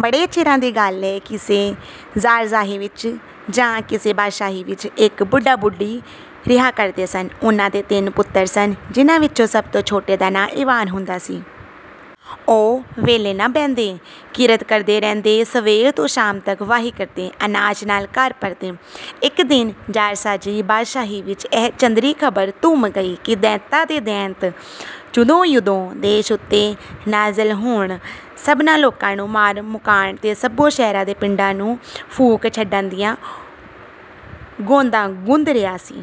ਬੜੇ ਚਿਰਾਂ ਦੀ ਗਲ ਏ, ਕਿਸੇ ਜ਼ਾਰਸ਼ਾਹੀ ਵਿਚ ਜਾਂ ਕਿਸੇ ਬਾਦਸ਼ਾਹੀ ਵਿਚ, ਇਕ ਬੁੱਢਾ ਬੁੱਢੀ ਰਿਹਾ ਕਰਦੇ ਸਨ। ਉਹਨਾਂ ਦੇ ਤਿੰਨ ਪੁੱਤਰ ਸਨ, ਜਿਨ੍ਹਾਂ ਵਿਚੋਂ ਸਭ ਤੋਂ ਛੋਟੇ ਦਾ ਨਾਂ ਈਵਾਨ ਹੁੰਦਾ ਸੀ। ਉਹ ਵਿਹਲੇ ਨਾ ਬਹਿੰਦੇ, ਕਿਰਤ ਕਰਦੇ ਰਹਿੰਦੇ, ਸਵੇਰ ਤੋਂ ਸ਼ਾਮ ਤੱਕ ਵਾਹੀ ਕਰਦੇ, ਅਨਾਜ ਨਾਲ ਘਰ ਭਰਦੇ। ਇੱਕ ਦਿਨ ਜ਼ਾਰਸ਼ਾਹੀ-ਬਾਦਸ਼ਾਹੀ ਵਿੱਚ ਇਹ ਚੰਦਰੀ ਖ਼ਬਰ ਧੁੰਮ ਗਈ ਕਿ ਦੈਂਤਾਂ ਦਾ ਦੈਂਤ, ਚੁਦੋ-ਯੁਦੋ, ਦੇਸ ਉੱਤੇ ਨਾਜ਼ਲ ਹੋਣ, ਸਭਨਾਂ ਲੋਕਾਂ ਨੂੰ ਮਾਰ ਮੁਕਾਣ ਤੇ ਸਭੋ ਸ਼ਹਿਰਾਂ ਤੇ ਪਿੰਡਾਂ ਨੂੰ ਫੂਕ ਛੱਡਣ ਦੀਆਂ ਗੋਂਦਾਂ ਗੁੰਦ ਰਿਹਾ ਸੀ।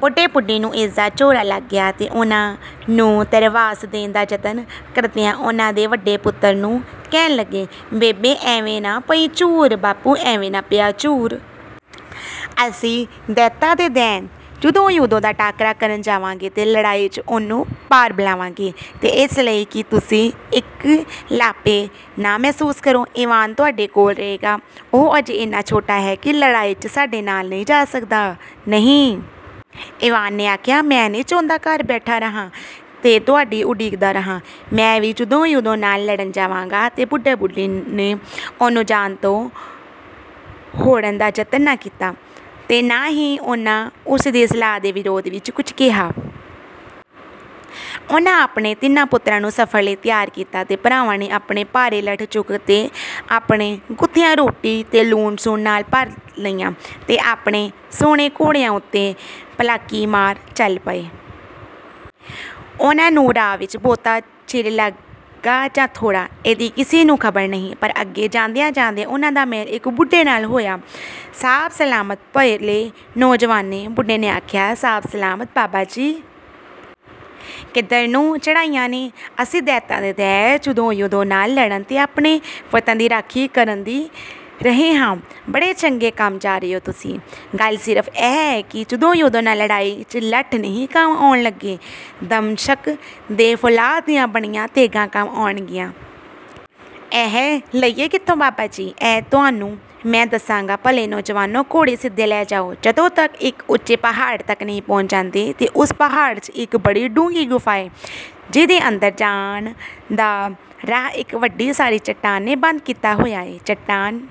ਬੁੱਢੇ-ਬੁੱਢੀ ਨੂੰ ਇਹਦਾ ਝੋਰਾ ਲੱਗ ਗਿਆ, ਤੇ ਉਹਨਾਂ ਨੂੰ ਧਰਵਾਸ ਦੇਣ ਦਾ ਜਤਨ ਕਰਦਿਆਂ, ਉਹਨਾਂ ਦੇ ਵੱਡੇ ਪੁੱਤਰ ਨੂੰ ਕਹਿਣ ਲੱਗੇ: "ਬੇਬੇ, ਐਵੇਂ ਨਾ ਪਈ ਝੁਰ, ਬਾਪੂ, ਐਵੇਂ ਨਾ ਪਿਆ ਝੁਰ! ਅਸੀਂ ਦੈਤਾਂ ਦੇ ਦੈਂਤ, ਚੁਦੋ-ਯੁਦੋ, ਦਾ ਟਾਕਰਾ ਕਰਨ ਜਾਵਾਂਗੇ, ਤੇ ਲੜਾਈ 'ਚ ਉਹਨੂੰ ਪਾਰ ਬੁਲਾਵਾਂਗੇ! ਤੇ ਏਸ ਲਈ ਕਿ ਤੁਸੀਂ ਇਕਲਾਪੇ ਨਾ ਮਹਿਸੂਸ ਕਰੋ, ਈਵਾਨ ਤੁਹਾਡੇ ਕੋਲ ਰਹੇਗਾ। ਉਹ ਅਜੇ ਏਨਾ ਛੋਟਾ ਏ ਕਿ ਲੜਾਈ 'ਚ ਸਾਡੇ ਨਾਲ ਨਹੀਂ ਜਾ ਸਕਦਾ।""ਨਹੀਂ," ਈਵਾਨ ਨੇ ਆਖਿਆ। "ਮੈਂ ਨਹੀਂ ਚਾਹੁੰਦਾ, ਘਰ ਬੈਠਾ ਰਿਹਾਂ ਤੇ ਤੁਹਾਡੀ ਉਡੀਕਦਾ ਰਿਹਾਂ। ਮੈਂ ਵੀ ਚੁਦੋ-ਯੁਦੋ ਨਾਲ ਲੜਨ ਜਾਵਾਂਗਾ!" ਤੇ ਬੁੱਢੇ-ਬੁੱਢੀ ਨੇ ਉਹਨੂੰ ਜਾਣ ਤੋਂ ਹੋੜਨ ਦਾ ਜਤਨ ਨਾ ਕੀਤਾ, ਤੇ ਨਾ ਹੀ ਉਹਨਾਂ ਉਸਦੀ ਸਲਾਹ ਦੇ ਵਿਰੋਧ ਵਿੱਚ ਕੁਝ ਕਿਹਾ। ਉਹਨਾਂ ਆਪਣੇ ਤਿੰਨਾਂ ਪੁੱਤਰਾਂ ਨੂੰ ਸਫ਼ਰ ਲਈ ਤਿਆਰ ਕੀਤਾ, ਤੇ ਭਰਾਵਾਂ ਨੇ ਆਪਣੇ ਭਾਰੇ ਲੱਠ ਚੁੱਕ ਲਏ ਤੇ ਆਪਣੀਆਂ ਗੁੱਥੀਆਂ ਰੋਟੀ ਤੇ ਲੂਣ-ਸ਼ੂਣ ਨਾਲ ਭਰ ਲਈਆਂ, ਤੇ ਆਪਣੇ ਸੁਹਣੇ ਘੋੜਿਆਂ ਉੱਤੇ ਪਲਾਕੀ ਮਾਰ, ਚੱਲ ਪਏ। ਉਹਨਾਂ ਨੂੰ ਰਾਹ ਵਿੱਚ ਬਹੁਤਾ ਚਿਰ ਲੱਗਾ ਜਾਂ ਥੋੜ੍ਹਾ, ਇਹਦੀ ਕਿਸੇ ਨੂੰ ਖ਼ਬਰ ਨਹੀਂ, ਪਰ ਅੱਗੇ ਜਾਂਦਿਆਂ-ਜਾਂਦਿਆਂ ਉਹਨਾਂ ਦਾ ਮੇਲ ਇੱਕ ਬੁੱਢੇ ਨਾਲ ਹੋਇਆ। "ਸਾਬ ਸਲਾਮਤ, ਭਲੇ ਨੌਜਵਾਨੋ! " ਬੁੱਢੇ ਨੇ ਆਖਿਆ। "ਸਾਬ ਸਲਾਮਤ, ਬਾਬਾ ਜੀ!" "ਕਿੱਧਰ ਨੂੰ ਚੜ੍ਹਾਈਆਂ ਨੇ?" "ਅਸੀਂ ਦੈਂਤਾਂ ਦੇ ਦੈਂਤ, ਚੁਦੋ-ਯੁਦੋ, ਨਾਲ ਲੜਨ, ਤੇ ਆਪਣੇ ਵਤਨ ਦੀ ਰਾਖੀ ਕਰਨ ਦੀ ਰਹੇ ਹਾਂ।" "ਬੜੇ ਚੰਗੇ ਕੰਮ ਜਾ ਰਹੋ ਤੁਸੀਂ! ਗੱਲ ਸਿਰਫ਼ ਇਹ ਏ ਕਿ ਚੁਦੋ-ਯੁਦੋ ਨਾਲ ਲੜਾਈ 'ਚ ਲੱਠ ਨਹੀਂ ਕੰਮ ਆਉਣ ਲੱਗੇ, ਦਮਸ਼ਕ ਦੇ ਫ਼ੌਲਾਦ ਦੀਆਂ ਬਣੀਆਂ ਤੇਗ਼ਾਂ ਕੰਮ ਆਉਣਗੀਆਂ।" "ਇਹ ਲਈਏ ਕਿੱਥੋਂ, ਬਾਬਾ ਜੀ?" "ਇਹ ਤੁਹਾਨੂੰ ਮੈਂ ਦੱਸਨਾਂ। ਭਲੇ ਨੌਜਵਾਨੋ, ਘੋੜੇ ਸਿੱਧੇ ਲਈ ਜਾਓ, ਜਦੋਂ ਤੱਕ ਇੱਕ ਉੱਚੇ ਪਹਾੜ ਤੱਕ ਨਹੀਂ ਪਹੁੰਚ ਜਾਂਦੇ। ਤੇ ਓਸ ਪਹਾੜ 'ਚ ਇੱਕ ਬੜੀ ਡੂੰਘੀ ਗੁਫ਼ਾ ਏ, ਜਿਹਦੇ ਅੰਦਰ ਜਾਣ ਦਾ ਰਾਹ ਇੱਕ ਵੱਡੀ ਸਾਰੀ ਚਟਾਨ ਨੇ ਬੰਦ ਕੀਤਾ ਹੋਇਆ ਏ। ਚਟਾਨ